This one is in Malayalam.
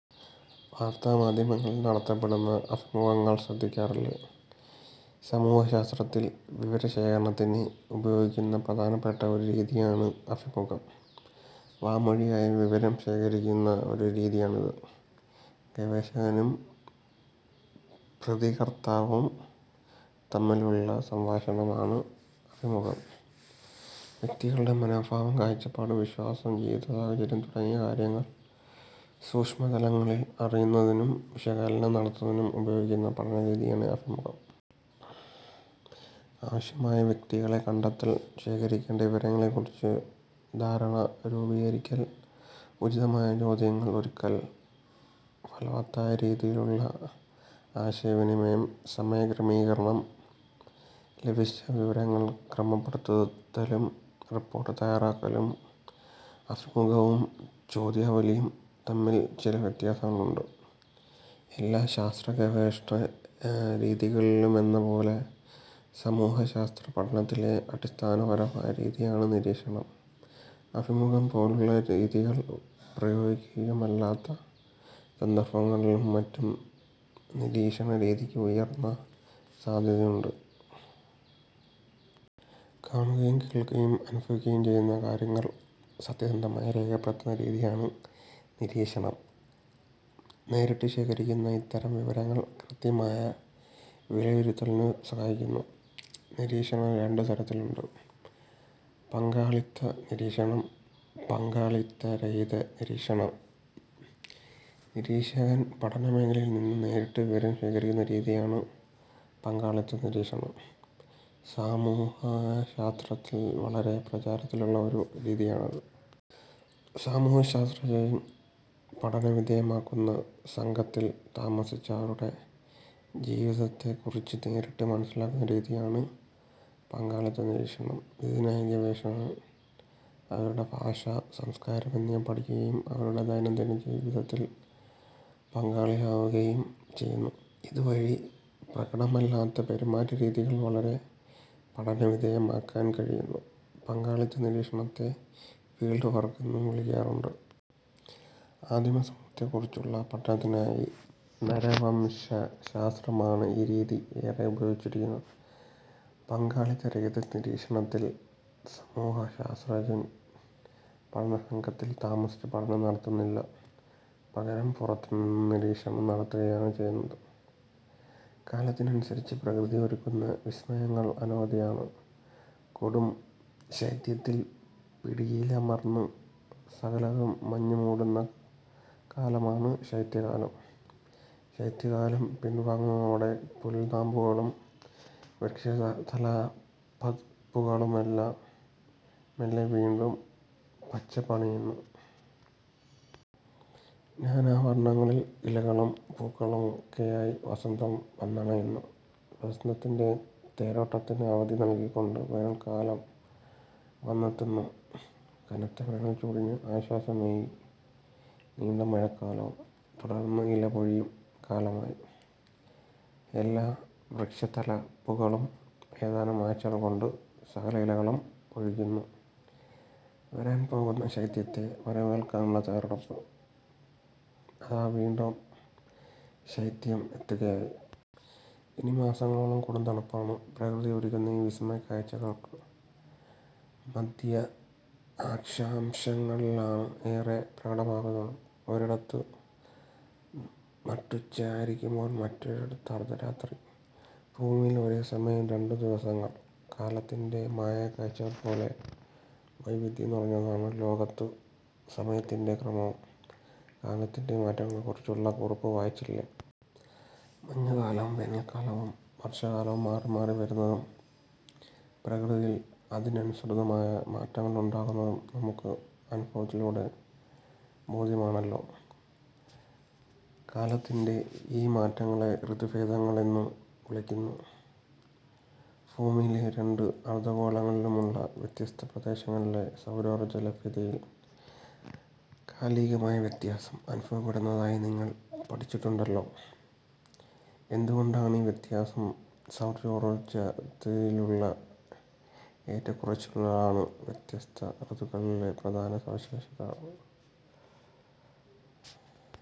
വാർത്താമാധ്യമങ്ങളിൽ നടത്തപ്പെടുന്ന അഭിമുഖങ്ങൾ ശ്രദ്ധിക്കാറില്ലേ. സമൂഹശാസ്ത്രത്തിൽ വിവരശേഖരണത്തിന് ഉപയോഗിക്കുന്ന പ്രധാനപ്പെട്ട ഒരു രീതിയാണ് അഭിമുഖം. വാമൊഴിയായി വിവരം ശേഖരിക്കുന്ന ഒരു രീതിയാണിത്. ഗവേഷകനും പ്രതികർത്താവും തമ്മിലുള്ള സംഭാഷണമാണ് അഭിമുഖം. വ്യക്തികളുടെ മനോഭാവം, കാഴ്ചപ്പാട്, വിശ്വാസം, ജീവിതചര്യ തുടങ്ങിയ കാര്യങ്ങൾ സൂക്ഷ്മതലങ്ങളിൽ അറിയുന്നതിനും വിശകലനം നടത്തുന്നതിനും ഉപയോഗിക്കുന്ന പഠനരീതിയാണ് അഭിമുഖം. ആവശ്യമായ വ്യക്തികളെ കണ്ടെത്തൽ. ശേഖരിക്കേണ്ട വിവരങ്ങളെക്കുറിച്ചു ധാരണ രൂപീകരിക്കൽ. ഉചിതമായ ചോദ്യങ്ങൾ ഒരുക്കൽ. ഫലവത്തായ രീതിയിലുള്ള ആശയവിനിമയം. സമയക്രമീകരണം. ലഭിച്ച വിവരങ്ങൾ ക്രമപ്പെടുത്തലും റിപ്പോർട്ട് തയാറാക്കലും. അഭിമുഖവും ചോദ്യാവലിയും തമ്മിൽ ചില വ്യത്യാസങ്ങളുണ്ട്. എല്ലാ ശാസ്ത്രഗവേഷണ രീതികളിലുമെന്നപോലെ സമൂഹശാസ്ത്ര പഠനത്തിലെ അടിസ്ഥാനപരമായ രീതിയാണ് നിരീക്ഷണം. അഭിമുഖം പോലുള്ള രീതികൾ പ്രായോഗികമല്ലാത്ത സന്ദർഭങ്ങളിലും മറ്റും നിരീക്ഷണരീതിക്ക് ഉയർന്ന സാധ്യതയുണ്ട്. കാണുകയും കേൾക്കുകയും അനുഭവിക്കുകയും ചെയ്യുന്ന കാര്യങ്ങൾ സത്യസന്ധമായി രേഖപ്പെടുത്തുന്ന രീതിയാണ് നിരീക്ഷണം. നേരിട്ട് ശേഖരിക്കുന്ന ഇത്തരം വിവരങ്ങൾ കൃത്യമായ വിലയിരുത്തലിന് സഹായിക്കുന്നു. നിരീക്ഷണം രണ്ടു തരത്തിലുണ്ട്.. പങ്കാളിത്ത നിരീക്ഷണം. പങ്കാളിത്തരഹിതനിരീക്ഷണം നിരീക്ഷകൻ പഠനമേഖലയിൽനിന്നു നേരിട്ട് വിവരം ശേഖരിക്കുന്ന രീതിയാണ് പങ്കാളിത്തനിരീക്ഷണം. സമൂഹശാസ്ത്രത്തിൽ വളരെ പ്രചാരത്തിലുള്ള ഒരു രീതിയാണിത്. സമൂഹശാസ്ത്രജ്ഞൻ പഠനവിധേയമാക്കുന്ന സംഘത്തിൽ താമസിച്ച് അവരുടെ ജീവിതത്തെക്കുറിച്ച് നേരിട്ട് മനസ്സിലാക്കുന്ന രീതിയാണ് പങ്കാളിത്തനിരീക്ഷണം. ഇതിനായി ഗവേഷകൻ അവരുടെ ഭാഷ, സംസ്കാരം എന്നിവ പഠിക്കുകയും അവരുടെ ദൈനംദിന ജീവിതത്തിൽ പങ്കാളിയാവുകയും ചെയ്യുന്നു. ഇതുവഴി പ്രകടമല്ലാത്ത പെരുമാറ്റരീതികൾ വരെ പഠനവിധേയമാക്കാൻ കഴിയുന്നു. പങ്കാളിത്തനിരീക്ഷണത്തെ ഫീൽഡ് വർക്ക് എന്നും വിളിക്കാറുണ്ട്. ആദിമ സമൂഹങ്ങളെക്കുറിച്ചുള്ള പഠനത്തിനായി നരവംശശാസ്ത്രമാണ് ഈ രീതി ഏറെ ഉപയോഗിച്ചിരുന്നത്. പങ്കാളിത്തരഹിത നിരീക്ഷണത്തിൽ സമൂഹശാസ്ത്രജ്ഞൻ പഠനസംഘത്തിൽ താമസിച്ച് പഠനം നടത്തുന്നില്ല. പകരം പുറത്തുനിന്ന് നിരീക്ഷണം നടത്തുകയാണ് ചെയ്യുന്നത്. കാലത്തിനനുസരിച്ച് പ്രകൃതി ഒരുക്കുന്ന വിസ്മയങ്ങൾ അനവധിയാണ്. കൊടും ശൈത്യത്തിന്റെ പിടിയിലമർന്ന് സകലതും മഞ്ഞുമൂടുന്ന കാലമാണ് ശൈത്യകാലം, ശൈത്യകാലം പിൻവാങ്ങുന്നതോടെ പുൽനാമ്പുകളും വൃക്ഷത്തലപ്പുകളുമെല്ലാം മെല്ലെ വീണ്ടും പച്ചപ്പണിയുന്നു. നാനാവർണങ്ങളിൽ ഇലകളും പൂക്കളുമൊക്കെയായി വസന്തം വന്നണയുന്നു. വസന്തത്തിന്റെ തേരോട്ടത്തിന് അവധി നൽകിക്കൊണ്ട് വേനൽക്കാലം വന്നെത്തുന്നു. കനത്ത വേനൽചൂടിന് ആശ്വാസമേകി നീണ്ട മഴക്കാലവും. തുടർന്ന് ഇലപൊഴിയും കാലമായി. എല്ലാ വൃക്ഷത്തലപ്പുകളും ഏതാനും ആഴ്ചകൾ കൊണ്ട് സകല ഇലകളും പൊഴിക്കുന്നു; വരാൻ പോകുന്ന ശൈത്യത്തെ വരവേൽക്കാനുള്ള തയാറെടുപ്പ്. അതാ വീണ്ടും ശൈത്യം എത്തുകയായി. ഇനി മാസങ്ങളോളം കൊടും തണുപ്പാണ്. പ്രകൃതി ഒരുക്കുന്ന ഈ വിസ്മയക്കാഴ്ചകൾ മധ്യ അക്ഷാംശങ്ങളിലാണ് ഏറെ പ്രകടമാകുന്നത്. ഒരിടത്ത് നട്ടുച്ച ആയിരിക്കുമ്പോൾ മറ്റൊരിടത്ത് അർധരാത്രി. ഭൂമിയിൽ ഒരേസമയം രണ്ടു ദിവസങ്ങൾ കാലത്തിന്റെ മായക്കാഴ്ചകൾ പോലെ വൈവിധ്യം നിറഞ്ഞതാണ് ലോകത്ത് സമയത്തിന്റെ ക്രമവും. കാലത്തിന്റെ മാറ്റങ്ങളെക്കുറിച്ചുള്ള കുറിപ്പ് വായിച്ചില്ലേ. മഞ്ഞുകാലവും വേനൽക്കാലവും വർഷകാലവും മാറിമാറി വരുന്നതും പ്രകൃതിയിൽ അതിനനുസൃതമായ മാറ്റങ്ങളുണ്ടാകുന്നതും നമുക്ക് അനുഭവത്തിലൂടെ ബോധ്യമാണല്ലോ. കാലത്തിന്റെ ഈ മാറ്റങ്ങളെ ഋതുഭേദങ്ങൾ എന്നു വിളിക്കുന്നു. ഭൂമിയിലെ രണ്ട് അർധഗോളങ്ങളിലുമുള്ള വ്യത്യസ്ത പ്രദേശങ്ങളിലെ സൗരോർജ ലഭ്യതയിൽ കാലികമായ വ്യത്യാസം അനുഭവപ്പെടുന്നതായി നിങ്ങൾ പഠിച്ചിട്ടുണ്ടല്ലോ. എന്തുകൊണ്ടാണീ വ്യത്യാസം? സൗരോർജലഭ്യതയിലുള്ള ഏറ്റക്കുറച്ചിലുകളാണ് വ്യത്യസ്ത ഋതുക്കളിലെ പ്രധാന സവിശേഷത.